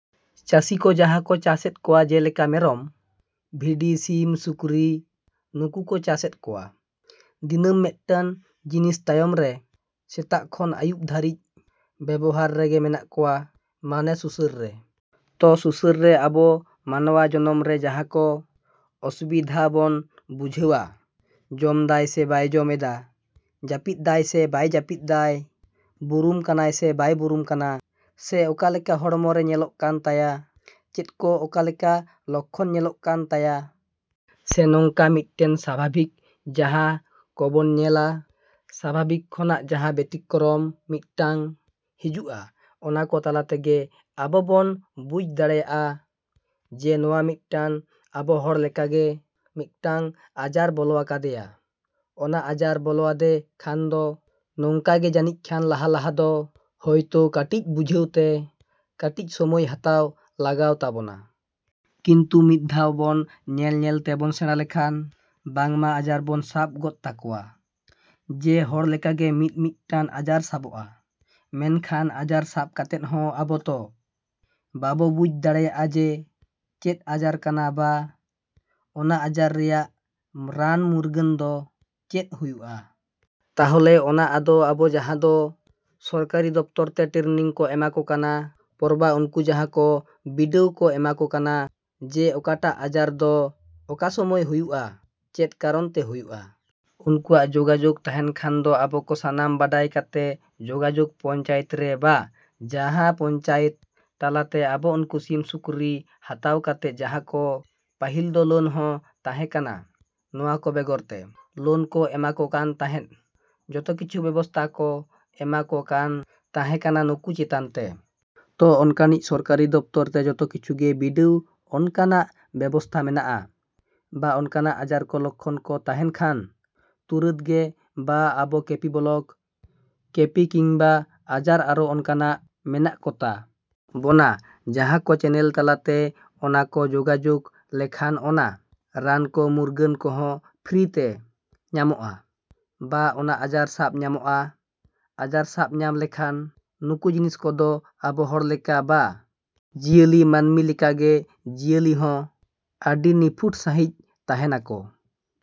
ᱪᱟᱹᱥᱤ ᱠᱚ ᱡᱟᱦᱟᱸ ᱠᱚ ᱪᱟᱥ ᱮᱫ ᱠᱚᱣᱟ ᱡᱮᱞᱮᱠᱟ ᱢᱮᱨᱚᱢ, ᱵᱷᱤᱲᱤ, ᱥᱤᱢ, ᱥᱩᱠᱨᱤ ᱱᱩᱠᱩ ᱠᱚ ᱪᱟᱥ ᱮᱫ ᱠᱚᱣᱟ᱾ ᱫᱤᱱᱟᱹᱢ ᱢᱤᱫᱴᱟᱝ ᱡᱤᱱᱤᱥ ᱛᱟᱭᱚᱢ ᱨᱮ ᱥᱮᱛᱟᱜ ᱠᱷᱚᱱ ᱟᱹᱭᱩᱵᱽ ᱫᱷᱟᱹᱨᱤᱡ ᱵᱮᱵᱚᱦᱟᱨ ᱨᱮᱜᱮ ᱢᱮᱱᱟᱜ ᱠᱚᱣᱟ, ᱢᱟᱱᱮ ᱥᱩᱥᱟᱹᱨ ᱨᱮ᱾ ᱛᱚ, ᱥᱩᱥᱟᱹᱨ ᱨᱮ ᱟᱵᱚ ᱢᱟᱱᱣᱟ ᱡᱚᱱᱚᱢ ᱨᱮ ᱡᱟᱦᱟᱸ ᱠᱚ ᱚᱥᱩᱵᱤᱫᱷᱟ ᱵᱚᱱ ᱵᱩᱡᱷᱟᱹᱣᱟ ᱡᱚᱢ ᱫᱟᱭ ᱥᱮ ᱵᱟᱭ ᱡᱚᱢ ᱮᱫᱟ, ᱡᱟᱹᱯᱤᱫ ᱫᱟᱭ ᱥᱮ ᱵᱟᱭ ᱡᱟᱹᱯᱤᱫ ᱫᱟᱭ, ᱵᱩᱨᱩᱢ ᱠᱟᱱᱟᱭ ᱥᱮ ᱵᱟᱭ ᱵᱩᱨᱩᱢ ᱠᱟᱱᱟ? ᱥᱮ ᱚᱠᱟᱞᱮᱠᱟ ᱦᱚᱲᱢᱚ ᱨᱮ ᱧᱮᱞᱚᱜ ᱠᱟᱱ ᱛᱟᱭᱟ, ᱪᱮᱫ ᱠᱚ ᱚᱠᱟᱞᱮᱠᱟ ᱞᱚᱠᱠᱷᱚᱱ ᱧᱮᱞᱚᱜ ᱠᱟᱱ ᱛᱟᱭᱟ? ᱥᱮ ᱱᱚᱝᱠᱟ ᱢᱤᱫᱴᱮᱱ ᱥᱟᱵᱷᱟᱵᱤᱠ ᱡᱟᱦᱟᱸ ᱠᱚᱵᱚᱱ ᱧᱮᱞᱟ ᱥᱟᱵᱷᱟᱵᱤᱠ ᱠᱷᱚᱱᱟᱜ ᱡᱟᱦᱟᱸ ᱵᱮᱛᱤᱠᱠᱨᱚᱢ ᱢᱤᱫᱴᱟᱝ ᱦᱤᱡᱩᱜᱼᱟ, ᱚᱱᱟ ᱠᱚ ᱛᱟᱞᱟ ᱛᱮᱜᱮ ᱟᱵᱚ ᱵᱚᱱ ᱵᱩᱡᱷ ᱫᱟᱲᱮᱭᱟᱜᱼᱟ ᱡᱮ ᱱᱚᱣᱟ ᱢᱤᱫᱴᱟᱝ ᱟᱵᱚ ᱦᱚᱲ ᱞᱮᱠᱟᱜᱮ ᱢᱤᱫᱴᱟᱝ ᱟᱡᱟᱨ ᱵᱚᱞᱚᱣᱟᱠᱟᱫᱮᱭᱟ᱾ ᱟᱫᱚ ᱟᱡᱟᱨ ᱵᱚᱞᱚᱣᱟᱫᱮ ᱠᱷᱟᱱ ᱫᱚ ᱱᱚᱝᱠᱟ ᱜᱮ ᱡᱟᱹᱱᱤᱡᱠᱷᱟᱱ ᱞᱟᱦᱟ ᱞᱟᱦᱟ ᱫᱚ ᱦᱚᱭᱛᱳ ᱠᱟᱹᱴᱤᱡ ᱵᱩᱡᱷᱟᱹᱣ ᱛᱮ ᱠᱟᱹᱴᱤᱡ ᱥᱚᱢᱚᱭ ᱦᱟᱛᱟᱣ ᱞᱟᱜᱟᱣ ᱛᱟᱵᱚᱱᱟ᱾ ᱠᱤᱱᱛᱩ ᱢᱤᱫ ᱫᱷᱟᱣ ᱵᱚᱱ ᱧᱮᱞ ᱧᱮᱞ ᱛᱮᱵᱚᱱ ᱥᱮᱬᱟ ᱞᱮᱠᱷᱟᱱ ᱵᱟᱝᱢᱟ ᱟᱡᱟᱨ ᱵᱚᱱ ᱥᱟᱵ ᱜᱚᱫ ᱛᱟᱠᱚᱣᱟ᱾ ᱡᱮ ᱦᱚᱲ ᱞᱮᱠᱟ ᱜᱮ ᱢᱤᱫᱼᱢᱤᱫᱴᱟᱝ ᱟᱡᱟᱨ ᱥᱟᱵᱚᱜᱼᱟ᱾ ᱢᱮᱱᱠᱷᱟᱱ ᱟᱡᱟᱨ ᱥᱟᱵ ᱠᱟᱛᱮᱫ ᱦᱚᱸ ᱟᱵᱚ ᱛᱚ ᱵᱟᱵᱚ ᱵᱩᱡᱷ ᱫᱟᱲᱮᱭᱟᱜᱼᱟ ᱡᱮ ᱪᱮᱫ ᱟᱡᱟᱨ ᱠᱟᱱᱟ ᱵᱟ ᱚᱱᱟ ᱟᱡᱟᱨ ᱨᱮᱭᱟᱜ ᱨᱟᱱ ᱢᱩᱨᱜᱟᱹᱱ ᱫᱚ ᱪᱮᱫ ᱦᱩᱭᱩᱜᱼᱟ? ᱛᱟᱦᱚᱞᱮ ᱚᱱᱟ ᱟᱫᱚ ᱟᱵᱚ ᱡᱟᱦᱟᱸ ᱫᱚ ᱥᱚᱨᱠᱟᱨᱤ ᱫᱚᱯᱛᱚᱨ ᱛᱮ ᱴᱨᱮᱱᱤᱝ ᱠᱚ ᱮᱢᱟ ᱠᱚ ᱠᱟᱱᱟ ᱯᱚᱨᱵᱟ ᱱᱩᱠᱩ ᱡᱟᱦᱟᱸ ᱠᱚ ᱵᱤᱰᱟᱹᱣ ᱠᱚ ᱮᱢᱟ ᱠᱚ ᱠᱟᱱᱟ, ᱡᱮ ᱚᱠᱟᱴᱟᱜ ᱟᱡᱟᱨ ᱫᱚ ᱚᱠᱟ ᱥᱚᱢᱚᱭ ᱦᱩᱭᱩᱜᱼᱟ, ᱪᱮᱫ ᱠᱟᱨᱚᱱ ᱛᱮ ᱦᱩᱭᱩᱜᱼᱟ? ᱩᱱᱠᱩᱣᱟᱜ ᱡᱳᱜᱟᱡᱳᱜᱽ ᱛᱟᱦᱮᱱ ᱠᱷᱟᱱ ᱫᱚ ᱚᱱᱟ ᱠᱚ ᱥᱟᱱᱟᱢ ᱵᱟᱰᱟᱭ ᱠᱟᱛᱮᱫ ᱡᱳᱜᱟᱡᱳᱜᱽ ᱯᱚᱧᱪᱟᱭᱮᱛ ᱨᱮ ᱵᱟ ᱡᱟᱦᱟᱸ ᱯᱚᱧᱪᱟᱭᱮᱛ ᱛᱟᱞᱟᱛᱮ ᱟᱵᱚ ᱱᱩᱠᱩ ᱥᱤᱢ, ᱥᱩᱠᱨᱤ ᱦᱟᱛᱟᱣ ᱠᱟᱛᱮ ᱡᱟᱦᱟᱸ ᱠᱚ, ᱯᱟᱹᱦᱤᱞ ᱫᱚ ᱞᱳᱱ ᱦᱚᱸ ᱛᱟᱦᱮᱸ ᱠᱟᱱᱟ ᱱᱚᱣᱟ ᱠᱚ ᱵᱮᱜᱚᱨ ᱛᱮ, ᱞᱳᱱ ᱠᱚ ᱮᱢᱟᱠᱚ ᱠᱟᱱ ᱛᱟᱦᱮᱸᱫ, ᱡᱚᱛᱚ ᱠᱤᱪᱷᱩ ᱵᱮᱵᱚᱥᱛᱟ ᱠᱚ ᱮᱢᱟ ᱠᱚ ᱠᱟᱱ ᱛᱟᱦᱮᱸᱠᱟᱱᱟ ᱱᱩᱠᱩ ᱪᱮᱛᱟᱱ ᱛᱮ᱾ ᱛᱚ, ᱚᱱᱠᱟᱱᱤᱡ ᱥᱚᱨᱠᱟᱨᱤ ᱫᱚᱯᱛᱚᱨ ᱛᱮ ᱡᱚᱛᱚ ᱠᱤᱪᱷᱩ ᱜᱮ ᱵᱤᱰᱟᱹᱣ ᱚᱱᱠᱟᱱᱟᱜ ᱵᱮᱵᱚᱥᱛᱷᱟ ᱢᱮᱱᱟᱜᱼᱟ᱾ ᱵᱟ ᱚᱱᱠᱟᱱᱟᱜ ᱟᱡᱟᱨ ᱠᱚ, ᱞᱚᱠᱠᱷᱚᱱ ᱠᱚ ᱛᱟᱦᱮᱱ ᱠᱷᱟᱱ ᱛᱩᱸᱨᱟᱹᱫ ᱜᱮ ᱵᱟ ᱟᱵᱚ ᱠᱮᱯᱤ ᱵᱞᱚᱠ ᱠᱮᱯᱤ ᱠᱤᱝᱵᱟ ᱟᱡᱟᱜ ᱟᱨᱚ ᱚᱱᱠᱟᱱᱟᱜ ᱢᱮᱱᱟᱜ ᱠᱚᱛᱟ ᱵᱚᱱᱟ, ᱡᱟᱦᱟᱸ ᱠᱚ ᱪᱮᱱᱮᱞ ᱛᱟᱞᱟᱛᱮ ᱚᱱᱟ ᱠᱚ ᱡᱳᱜᱟᱡᱳᱜᱽ ᱞᱮᱠᱷᱟᱱ ᱚᱱᱟ ᱨᱟᱱ ᱠᱚ ᱢᱩᱨᱜᱟᱹᱱ ᱠᱚᱦᱚᱸ ᱯᱷᱨᱤ ᱛᱮ ᱧᱟᱢᱚᱜᱼᱟ, ᱵᱟ ᱚᱱᱟ ᱟᱡᱟᱨ ᱥᱟᱵ ᱧᱟᱢᱚᱜᱼᱟ, ᱟᱡᱟᱨ ᱥᱟᱵ ᱧᱟᱢ ᱞᱮᱠᱷᱟᱱ ᱱᱩᱠᱩ ᱡᱤᱱᱤᱥ ᱠᱚᱫᱚ ᱟᱵᱚ ᱦᱚᱲ ᱞᱮᱠᱟ ᱵᱟ ᱡᱤᱭᱟᱹᱞᱤ ᱢᱟᱹᱱᱢᱤ ᱞᱮᱠᱟᱜᱮ ᱡᱤᱭᱟᱹᱞᱤ ᱦᱚᱸ ᱟᱹᱰᱤ ᱱᱤᱯᱷᱩᱴ ᱥᱟᱺᱦᱤᱡ ᱛᱟᱸᱦᱮᱱᱟ ᱠᱚ